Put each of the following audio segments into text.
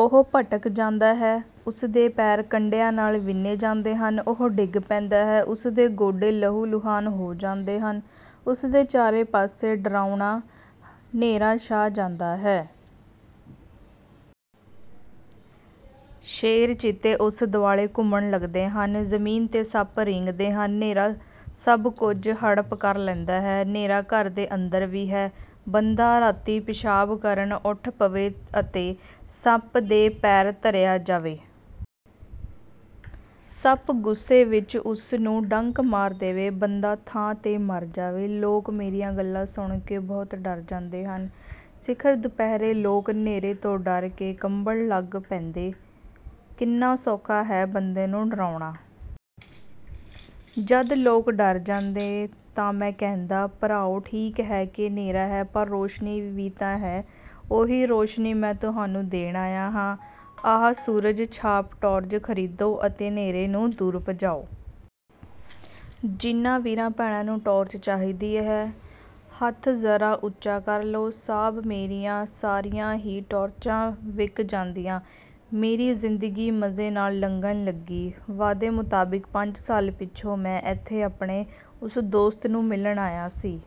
ਉਹ ਭਟਕ ਜਾਂਦਾ ਹੈ। ਉਸ ਦੇ ਪੈਰ ਕੰਡਿਆਂ ਨਾਲ ਵਿੰਨ੍ਹੇ ਜਾਂਦੇ ਹਨ। ਉਹ ਡਿੱਗ ਪੈਂਦਾ ਹੈ। ਉਸ ਦੇ ਗੋਡੇ ਲਹੂ ਲੁਹਾਣ ਹੋ ਜਾਂਦੇ ਹਨ। ਉਸ ਦੇ ਚਾਰੇ ਪਾਸੇ ਡਰਾਉਣਾ ਨ੍ਹੇਰਾ ਛਾ ਜਾਂਦਾ ਹੈ। ਸ਼ੇਰ ਚੀਤੇ ਉਸ ਦੁਆਲੇ ਘੁੰਮਣ ਲੱਗਦੇ ਹਨ। ਜ਼ਮੀਨ 'ਤੇ ਸੱਪ ਰੀਂਗਦੇ ਹਨ। ਨ੍ਹੇਰਾ ਸਭ ਕੁਝ ਹੜੱਪ ਕਰ ਲੈਂਦਾ ਹੈ। ਨ੍ਹੇਰਾ ਘਰ ਦੇ ਅੰਦਰ ਵੀ ਹੈ। ਬੰਦਾ ਰਾਤੀਂ ਪਿਸ਼ਾਬ ਕਰਨ ਉੱਠ ਪਵੇ ਅਤੇ ਸੱਪ 'ਤੇ ਪੈਰ ਧਰਿਆ ਜਾਵੇ। ਸੱਪ ਗੁੱਸੇ ਵਿੱਚ ਉਸ ਨੂੰ ਡੰਗ ਮਾਰ ਦੇਵੇ। ਬੰਦਾ ਥਾਂ 'ਤੇ ਮਰ ਜਾਵੇ। ਲੋਕ ਮੇਰੀਆਂ ਗੱਲਾਂ ਸੁਣ ਕੇ ਬਹੁਤ ਡਰ ਜਾਂਦੇ ਸਨ। ਸਿਖਰ ਦੁਪਹਿਰੇ ਲੋਕ ਨ੍ਹੇਰੇ ਤੋਂ ਡਰ ਕੇ ਕੰਬਣ ਲੱਗ ਪੈਂਦੇ। ਕਿੰਨਾ ਸੌਖਾ ਹੈ ਬੰਦੇ ਨੂੰ ਡਰਾਉਣਾ? ਜਦ ਲੋਕ ਡਰ ਜਾਂਦੇ ਤਾਂ ਮੈਂ ਕਹਿੰਦਾ, "ਭਰਾਓ ਠੀਕ ਹੈ ਕਿ ਨ੍ਹੇਰਾ ਹੈ। ਪਰ ਰੌਸ਼ਨੀ ਵੀ ਤਾਂ ਹੈ। ਉਹੀ ਰੌਸ਼ਨੀ ਮੈਂ ਤੁਹਾਨੂੰ ਦੇਣ ਆਇਆ ਹਾਂ। ਆਹ ਸੂਰਜ ਛਾਪ ਟਾਰਚ ਖਰੀਦੋ ਅਤੇ ਨ੍ਹੇਰੇ ਨੂੰ ਦੂਰ ਭਜਾਓ। ਜਿਨ੍ਹਾਂ ਵੀਰਾਂ ਭੈਣਾਂ ਨੂੰ ਟਾਰਚ ਚਾਹੀਦੀ ਹੈ, ਹੱਥ ਜ਼ਰਾ ਉੱਚਾ ਕਰ ਲਓ।" ਸਾਬ੍ਹ ਮੇਰੀਆਂ ਸਾਰੀਆਂ ਹੀ ਟਾਰਚਾਂ ਵਿਕ ਜਾਂਦੀਆਂ। ਮੇਰੀ ਜ਼ਿੰਦਗੀ ਮਜ਼ੇ ਨਾਲ ਲੰਘਣ ਲੱਗੀ। ਵਾਅਦੇ ਮੁਤਾਬਿਕ ਪੰਜ ਸਾਲ ਪਿੱਛੋਂ ਮੈਂ ਇੱਥੇ ਆਪਣੇ ਉਸ ਦੋਸਤ ਨੂੰ ਮਿਲਣ ਆਇਆ ਸੀ।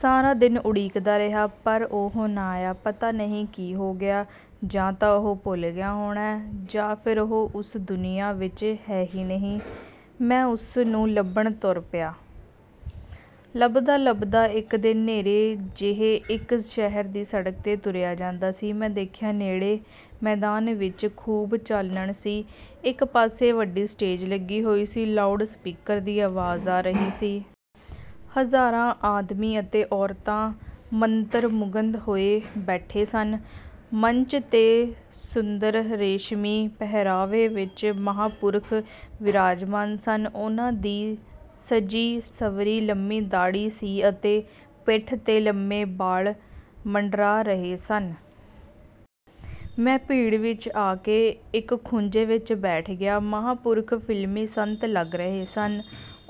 ਸਾਰਾ ਦਿਨ ਉਡੀਕਦਾ ਰਿਹਾ, ਪਰ ਉਹ ਨਾ ਆਇਆ। ਪਤਾ ਨਹੀਂ ਕੀ ਹੋ ਗਿਆ। ਜਾਂ ਤਾਂ ਉਹ ਭੁੱਲ ਗਿਆ ਹੋਣਾ। ਜਾਂ ਫਿਰ ਉਹ ਇਸ ਦੁਨੀਆਂ ਵਿੱਚ ਹੈ ਹੀ ਨਹੀਂ। ਮੈਂ ਉਸ ਨੂੰ ਲੱਭਣ ਤੁਰ ਪਿਆ। ਲੱਭਦਾ ਲੱਭਦਾ, ਇਕ ਦਿਨ ਨ੍ਹੇਰੇ ਜਿਹੇ ਇਕ ਸ਼ਹਿਰ ਦੀ ਸੜਕ 'ਤੇ ਤੁਰਿਆ ਜਾਂਦਾ ਸੀ। ਮੈਂ ਦੇਖਿਆ, ਨੇੜੇ ਮੈਦਾਨ ਵਿੱਚ ਖ਼ੂਬ ਚਾਨਣ ਸੀ। ਇਕ ਪਾਸੇ ਵੱਡੀ ਸਟੇਜ ਲੱਗੀ ਹੋਈ ਸੀ। ਲਾਊਡ ਸਪੀਕਰ ਦੀ ਆਵਾਜ਼ ਆ ਰਹੀ ਸੀ। ਹਜ਼ਾਰਾਂ ਆਦਮੀ ਅਤੇ ਔਰਤਾਂ ਮੰਤਰ ਮੁਗਧ ਹੋਏ ਬੈਠੇ ਸਨ। ਮੰਚ 'ਤੇ ਸੁੰਦਰ ਰੇਸ਼ਮੀ ਪਹਿਰਾਵੇ ਵਿੱਚ ਮਹਾਂਪੁਰਖ ਬਿਰਾਜਮਾਨ ਸਨ। ਉਨ੍ਹਾਂ ਦੀ ਸਜੀ ਸੰਵਰੀ ਲੰਮੀ ਦਾੜ੍ਹੀ ਸੀ ਅਤੇ ਪਿੱਠ 'ਤੇ ਲੰਬੇ ਵਾਲ ਮੰਡਰਾ ਰਹੇ ਸਨ। ਮੈਂ ਭੀੜ ਵਿੱਚ ਆ ਕੇ ਇਕ ਖੂੰਜੇ ਵਿੱਚ ਬੈਠ ਗਿਆ। ਮਹਾਂਪੁਰਖ ਫ਼ਿਲਮੀ ਸੰਤ ਲੱਗ ਰਹੇ ਸਨ।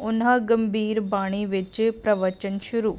ਉਨ੍ਹਾਂ ਗੰਭੀਰ ਬਾਣੀ ਵਿੱਚ ਪ੍ਰਵਚਨ ਸ਼ੁਰੂ